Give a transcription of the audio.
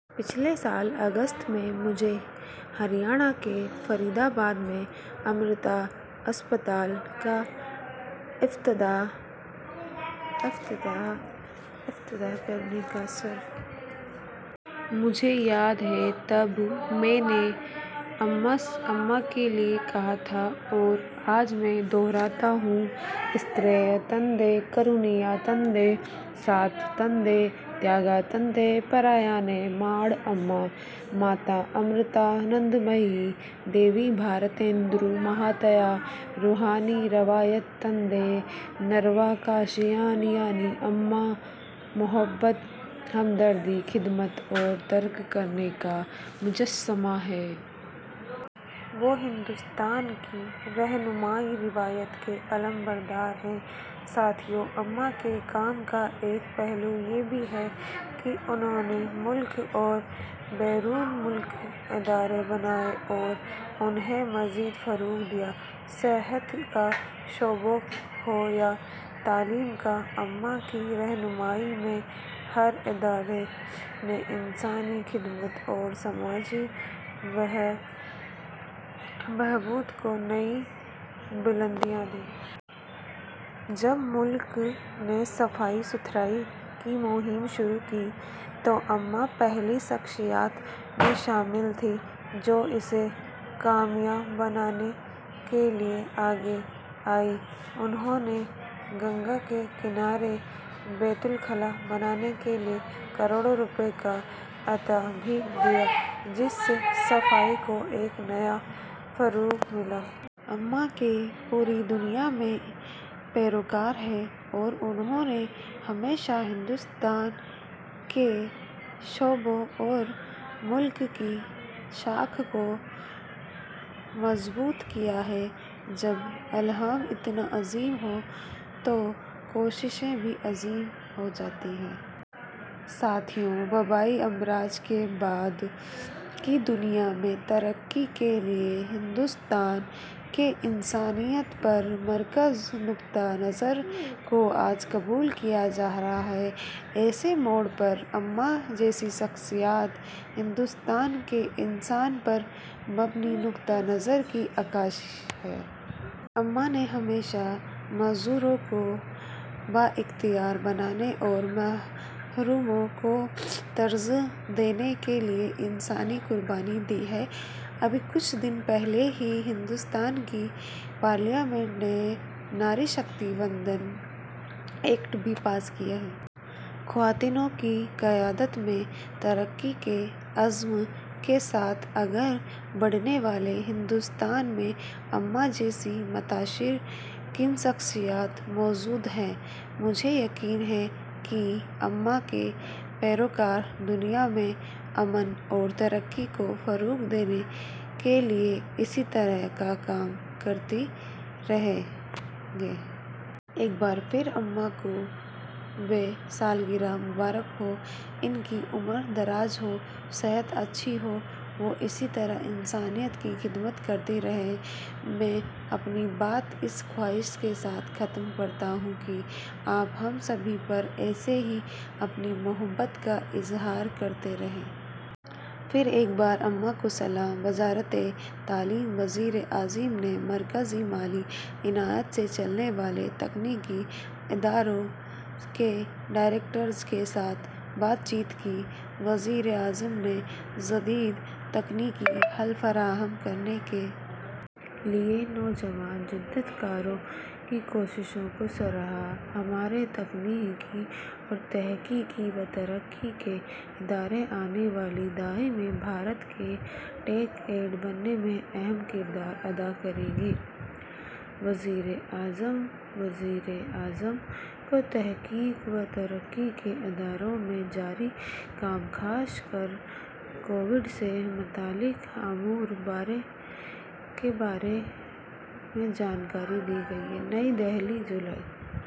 پچھلے سال اگست میں، مجھے ہریانہ کے فرید آباد، میں امرتا ہسپتال کا افتتاح کرنے کا شرف حاصل ہوا۔ امّاں کی موجودگی اور ان کی نعمتوں کی چمک لفظوں میں بیان کرنا مشکل ہے، ہم اسے صرف محسوس کر سکتے ہیں۔ مجھے یاد ہے تب میں نے امّاں کے لیے کہا تھا، اور آج میں دہراتا ہوں، سنیہ تِنڈے، کرونیاتِنڈے، سات تِنڈے، تیاگا تِنڈےپرایائے ماڑ اماں ، ماتا امرتانندمئی دیوی، بھار-تنڈے مہاتایا، روحانی روایت-تنڈے، نروا کاشیان، یعنی امّاں، محبت، ہمدردی، خدمت اور ترک کرنے کا مجسمہ ہیں۔ وہ ہندوستان کی روحانی روایت کی علمبردار ہیں۔ ساتھیو، اماں کے کام کا ایک پہلو یہ بھی ہے کہ انہوں نے ملک اور بیرون ملک ادارے بنائے اور انہیں مزید فروغ دیا۔ صحت کا شعبہ ہو یا تعلیم کا، اماں کی رہنمائی میں ہر ادارے نے انسانی خدمت اور سماجی بہبود کو نئی بلندیاں دیں۔ جب ملک نے صفائی ستھرائی کی مہم شروع کی تو امّاں پہلی شخصیات میں شامل تھیں جو اسے کامیاب بنانے کے لیے آگے آئیں۔ انہوں نے گنگا کے کنارے بیت الخلا بنانے کے لیے کروڑ روپے کا عطیہ بھی دیا، جس سے صفائی کو ایک نیا فروغ ملا۔ اماں کے پوری دنیا میں پیروکار ہیں اور انہوں نے ہمیشہ ہندوستان کی شبیہ اور ملک کی ساکھ کو مضبوط کیا ہے۔ جب الہام اتنا عظیم ہو تو کوششیں بھی عظیم ہو جاتی ہیں۔ ساتھیو، وبائی امراض کے بعد کی دنیا میں، ترقی کے لیے ہندوستان کے انسانیت پر مرکوز نقطہ نظر کو آج قبول کیا جا رہا ہے۔ ایسے موڑ پر، امّاں جیسی شخصیات ہندوستان کے انسان پر مبنی نقطہ نظر کی عکاس ہیں۔ اماں نے ہمیشہ معذوروں کو بااختیار بنانے اور محروموں کو ترجیح دینے کے لیے انسانی قربانی دی ہے۔ ابھی کچھ دن پہلے ہی ہندوستان کی پارلیمنٹ نے ناری شکتی وندن ایکٹ بھی پاس کیا ہے۔ خواتین کی قیادت میں ترقی کے عزم کے ساتھ آگے بڑھنے والے ہندوستان میں اماں جیسی متاثر کن شخصیت موجود ہے۔ مجھے یقین ہے کہ اماں کے پیروکار دنیا میں امن اور ترقی کو فروغ دینے کے لیے اسی طرح کا کام کرتے رہیں گے۔ ایک بار پھر، امّاں کو ویں سالگرہ مبارک ہو۔ ان کی عمر دراز ہو، صحت اچھی ہو، وہ اسی طرح انسانیت کی خدمت کرتی رہیں۔ میں اپنی بات اس خواہش کے ساتھ ختم کرتا ہوں کہ آپ ہم سبھی پر ایسے ہی اپنی محبت کا اظہار کرتی رہیں۔ پھر ایک بار. اماں کو سلام. وزارتِ تعلیم وزیر اعظم نےمرکزی مالی اعانت سے چلنے والےتکنیکی اداروں کے ڈائریکٹرز کے ساتھ بات چیت کی وزیر اعظم نے جدید تکنیکی حل فراہم کرنے کے لئے نوجوان جدت کاروں کی کوششوں کو سراہا ہمارےتکنیکی اور تحقیق و ترقی کے ادارے آنے والی دہائی میں'بھارت کے ٹیک ایڈ' بننے میں اہم کردار ادا کریں گے: وزیر اعظم وزیر اعظم کوتحقیق و ترقی کے اداروں میں جاری کام ،خاص کر کووڈ سے متعلق امورکے بارے میںجانکاری دی گئی نئی دہلی: ؍ جولائی،۔